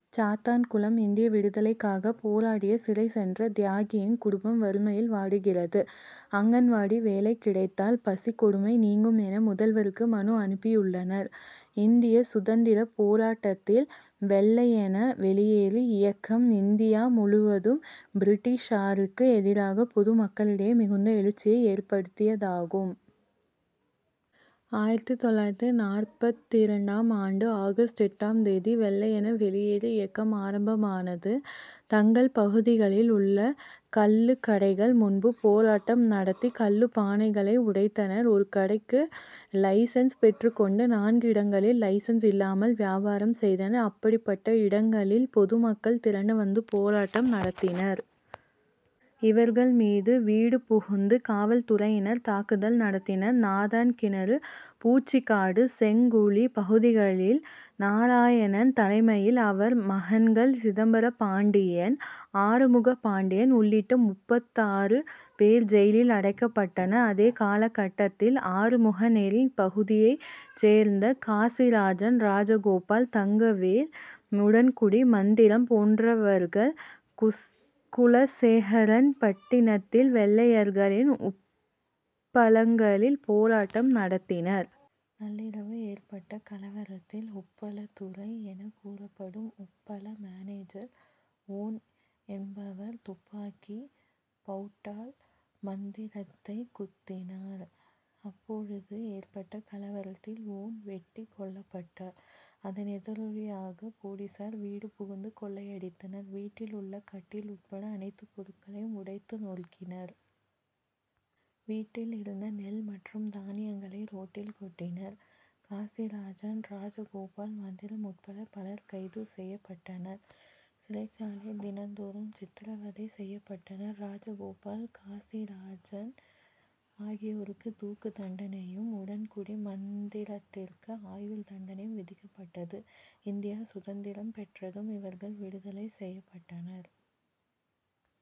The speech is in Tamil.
சாத்தான்குளம் இந்திய விடுதலைக்காக போராடிய சிறை சென்ற தியாகியின் குடும்பம் வறுமையில் வாடுகிறது. அங்கன்வாடி வேலை கிடைத்தால் பசிக் கொடுமை நீங்கும் என முதல்வருக்கு மனு அனுப்பியுள்ளனர். இந்திய சுதந்திரப் போராட்டத்தில் வெள்ளையனே வெளியேறு இயக்கம் இந்தியா முழுவதும் பிரிட்டிஷாருக்கு எதிராக பொதுமக்களிடையே மிகுந்த எழுச்சியை ஏற்படுத்தியதாகும். ஆயிரத்து தொள்ளாயிரத்து நாற்பத்திரண்டாம் ஆண்டு ஆகஸ்டு எட்டாம் தேதி வெள்ளையனே வெளியேறு இயக்கம் ஆரம்பமானது. தங்கள் பகுதிகளில் உள்ள கள்ளுக்கடைகள் முன்பு போராட்டம் நடத்தி கள்ளுப் பானைகளை உடைத்தனர். ஒரு கடைக்கு லைசன்ஸ் பெற்றுக் கொண்டு நான்கு இடங்களில் லைசன்ஸ் இல்லாமல் வியாபாரம் செய்தனர். அப்படிப்பட்ட இடங்களில் பொதுமக்கள் திரண்டு வந்து போராட்டம் நடத்தினர். இவர்கள் மீது வீடு புகுந்து காவல்துறையினர் தாக்குதல் நடத்தினர். நாதன்கிணறு பூச்சிக்காடு செங்குழி பகுதிகளில் நாராயணன் தலைமையில் அவர் மகன்கள் சிதம்பர பாண்டியன் ஆறுமுகப் பாண்டியன் உள்ளிட்ட முப்பத்தாறு பேர் ஜெயிலில் அடைக்கப்பட்டனர். அதே காலகட்டத்தில் ஆறுமுகநேரி பகுதியைச் சேர்ந்த காசிராஜன் ராஜகோபால் தங்கவேல் உடன்குடி மந்திரம் போன்றவர்கள் குலசேகரன்பட்டிணத்தில் வெள்ளையர்களின் உப்பளங்களில் போராட்டம் நடத்தினர். நள்ளிரவு ஏற்பட்ட கலவரத்தில் உப்பளத் துரை என கூறப்படும் உப்பள மேனேஜர் வோன் என்பவர் துப்பாக்கி பேளட்டால் மந்திரத்தை குத்தினார். அப்பொழுது ஏற்பட்ட கலவரத்தில் வோன் வெட்டிக் கொல்லப்பட்டார். அதன் எதிரொலியாக போலீசார் வீடு புகுந்து கொள்ளையடித்தனர். வீட்டில் உள்ள கட்டில் உட்பட அனைத்து பொருட்களையும் உடைத்து நொறுக்கினர். வீட்டில் இருந்த நெல் மற்றும் தானியங்களை ரோட்டில் கொட்டினர். காசிராஜன் ராஜகோபால் மந்திரம் உட்பட பலர் கைது செய்யப்பட்டனர். சிறைச்சாலையில் தினந்தோறும் சித்திரவதை செய்யப்பட்டனர். ராஜகோபால் காசிராஜன் ஆகியோருக்கு தூக்குதண்டனையும் உடன்குடி மந்திரத்திற்கு ஆயுள் தண்டனையும் விதிக்கப்பட்டது. இந்தியா சுதந்திரம் பெற்றதும் இவர்கள் விடுதலை செய்யப்பட்டனர்.